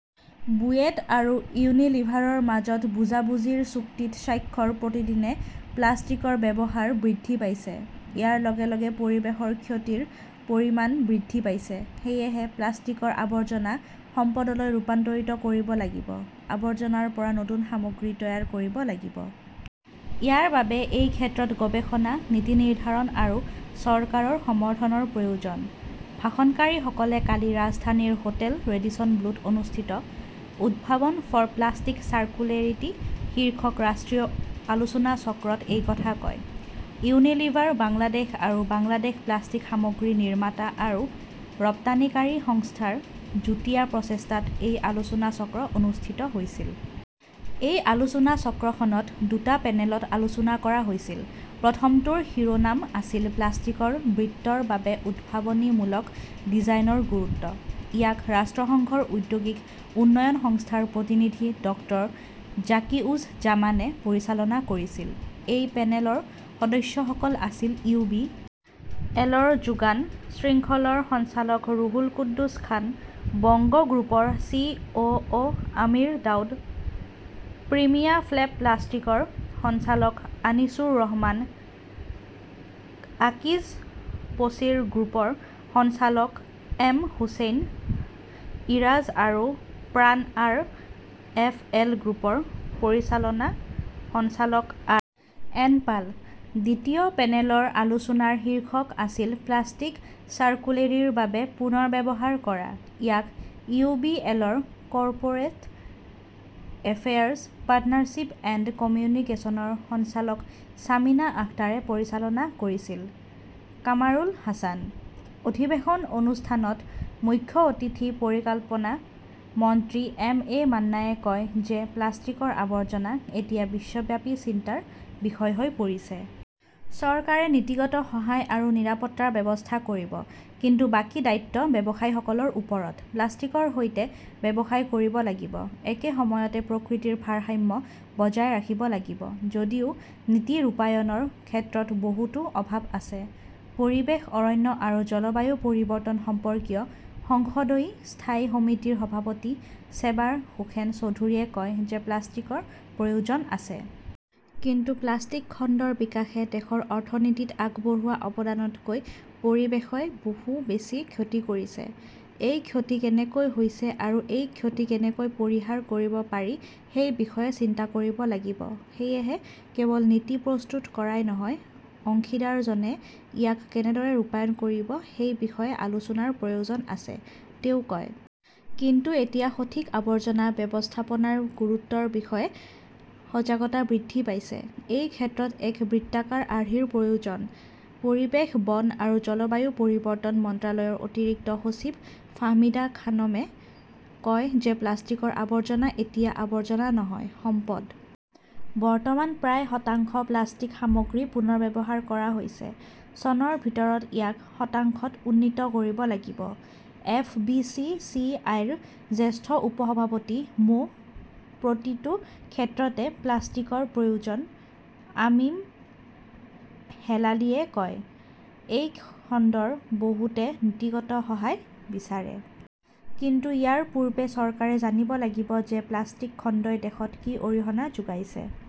বুয়েট আৰু ইউনিলিভাৰৰ মাজত বুজাবুজিৰ চুক্তিত স্বাক্ষৰ প্ৰতিদিনে প্লাষ্টিকৰ ব্যৱহাৰ বৃদ্ধি পাইছে। ইয়াৰ লগে লগে পৰিৱেশৰ ক্ষতিৰ পৰিমাণ বৃদ্ধি পাইছে। সেয়েহে প্লাষ্টিকৰ আৱৰ্জনা সম্পদলৈ ৰূপান্তৰিত কৰিব লাগিব। আৱৰ্জনাৰ পৰা নতুন সামগ্ৰী তৈয়াৰ কৰিব লাগিব। ইয়াৰ বাবে এই ক্ষেত্ৰত গৱেষণা, নীতি নিৰ্ধাৰণ আৰু চৰকাৰৰ সমৰ্থনৰ প্ৰয়োজন। ভাষণকাৰীসকলে কালি ৰাজধানীৰ হোটেল ৰেডিসন ব্লুত অনুষ্ঠিত 'উদ্ভাৱন ফৰ প্লাষ্টিক চাৰ্কুলেৰিটি শীৰ্ষক ৰাষ্ট্ৰীয় আলোচনাচক্ৰত এই কথা কয়। ইউনিলিভাৰ বাংলাদেশ আৰু বাংলাদেশ প্লাষ্টিক সামগ্ৰী নিৰ্মাতা আৰু ৰপ্তানিকাৰী সংস্থা ৰ যুটীয়া প্ৰচেষ্টাত এই আলোচনাচক্ৰ অনুষ্ঠিত হৈছিল। এই আলোচনাচক্ৰখনত দুটা পেনেলত আলোচনা কৰা হৈছিল। প্ৰথমটোৰ শিৰোনাম আছিল-প্লাষ্টিকৰ বৃত্তৰ বাবে উদ্ভাৱনীমূলক ডিজাইনৰ গুৰুত্ব। ইয়াক ৰাষ্ট্ৰসংঘৰ ঔদ্যোগিক উন্নয়ন সংস্থাৰ প্ৰতিনিধি ডক্টৰ জাকি উজ জামানে পৰিচালনা কৰিছিল। এই পেনেলৰ সদস্যসকল আছিল ইউ. বি. এল. ৰ যোগান শৃংখলৰ সঞ্চালক ৰুহুল কুদ্দুছ খান, বংগ গ্ৰুপৰ চি. অ. অ. আমিৰ দাউদ, প্ৰিমিয়াফ্লেপ প্লাষ্টিকৰ সঞ্চালক অনিছুৰ ৰহমান, আকিজ-বছিৰ গ্ৰুপৰ সঞ্চালক এম হোসেন ইৰাজ আৰু প্ৰাণ-আৰ. এফ. এল. গ্ৰুপৰ পৰিচালন সঞ্চালক আৰ. এন. পাল। দ্বিতীয় পেনেলৰ আলোচনাৰ শীৰ্ষক আছিল-প্লাষ্টিক চাৰ্কুলেৰীৰ বাবে পুনৰ্ব্যৱহাৰ কৰা। ইয়াক ইউ. বি. এল. ৰ কৰ্পোৰেট এফেয়াৰ্ছ, পাৰ্টনাৰশ্বিপ এণ্ড কমিউনিকেচনছৰ সঞ্চালক শ্বামিমা আখতাৰে পৰিচালনা কৰিছিল। কামৰুল হাছান। অধিৱেশন অনুষ্ঠানত মুখ্য অতিথি পৰিকল্পনা মন্ত্ৰী এম এ মান্নানে কয় যে প্লাষ্টিকৰ আৱৰ্জনা এতিয়া বিশ্বব্যাপী চিন্তাৰ বিষয় হৈ পৰিছে। চৰকাৰে নীতিগত সহায় আৰু নিৰাপত্তাৰ ব্যৱস্থা কৰিব। কিন্তু বাকী দায়িত্ব ব্যৱসায়ীসকলৰ ওপৰত। প্লাষ্টিকৰ সৈতে ব্যৱসায় কৰিব লাগিব, একে সময়তে প্ৰকৃতিৰ ভাৰসাম্য বজাই ৰাখিব লাগিব। যদিও নীতি ৰূপায়ণৰ ক্ষেত্ৰত বহুতো অভাৱ আছে। পৰিৱেশ, অৰণ্য আৰু জলবায়ু পৰিৱৰ্তন সম্পৰ্কীয় সংসদীয় স্থায়ী সমিতিৰ সভাপতি চেবাৰ হোসেন চৌধুৰীয়ে কয় যে প্লাষ্টিকৰ প্ৰয়োজন আছে। কিন্তু প্লাষ্টিক খণ্ডৰ বিকাশে দেশৰ অৰ্থনীতিত আগবঢ়োৱা অৱদানতকৈ পৰিৱেশই বহু বেছি ক্ষতি কৰিছে। এই ক্ষতি কেনেকৈ হৈছে আৰু এই ক্ষতি কেনেকৈ পৰিহাৰ কৰিব পাৰি সেই বিষয়ে চিন্তা কৰিব লাগিব। সেয়েহে কেৱল নীতি প্ৰস্তুত কৰাই নহয়; অংশীদাৰজনে ইয়াক কেনেদৰে ৰূপায়ণ কৰিব সেই বিষয়ে আলোচনাৰ প্ৰয়োজন আছে, তেওঁ কয়। কিন্তু এতিয়া সঠিক আৱৰ্জনা ব্যৱস্থাপনাৰ গুৰুত্বৰ বিষয়ে সজাগতা বৃদ্ধি পাইছে। এই ক্ষেত্ৰত এক বৃত্তাকাৰ আৰ্হিৰ প্ৰয়োজন। পৰিৱেশ, বন আৰু জলবায়ু পৰিৱৰ্তন মন্ত্ৰালয়ৰ অতিৰিক্ত সচিব ফাহমিদা খানমে কয় যে প্লাষ্টিকৰ আৱৰ্জনা এতিয়া আৱৰ্জনা নহয়, সম্পদ। বৰ্তমান প্ৰায় শতাংশ প্লাষ্টিক সামগ্ৰী পুনৰ্ব্যৱহাৰ কৰা হৈছে। চনৰ ভিতৰত ইয়াক শতাংশত উন্নীত কৰিব লাগিব। F. B. C. C. I. ৰ জ্যেষ্ঠ উপ-সভাপতি মো. প্ৰতিটো ক্ষেত্ৰতে প্লাষ্টিকৰ প্ৰয়োজন, আমিন হেলালিয়ে কয়। এই খণ্ডৰ বহুতে নীতিগত সহায় বিচাৰে। কিন্তু ইয়াৰ পূৰ্বে চৰকাৰে জানিব লাগিব যে প্লাষ্টিক খণ্ডই দেশত কি অৰিহণা যোগাইছে,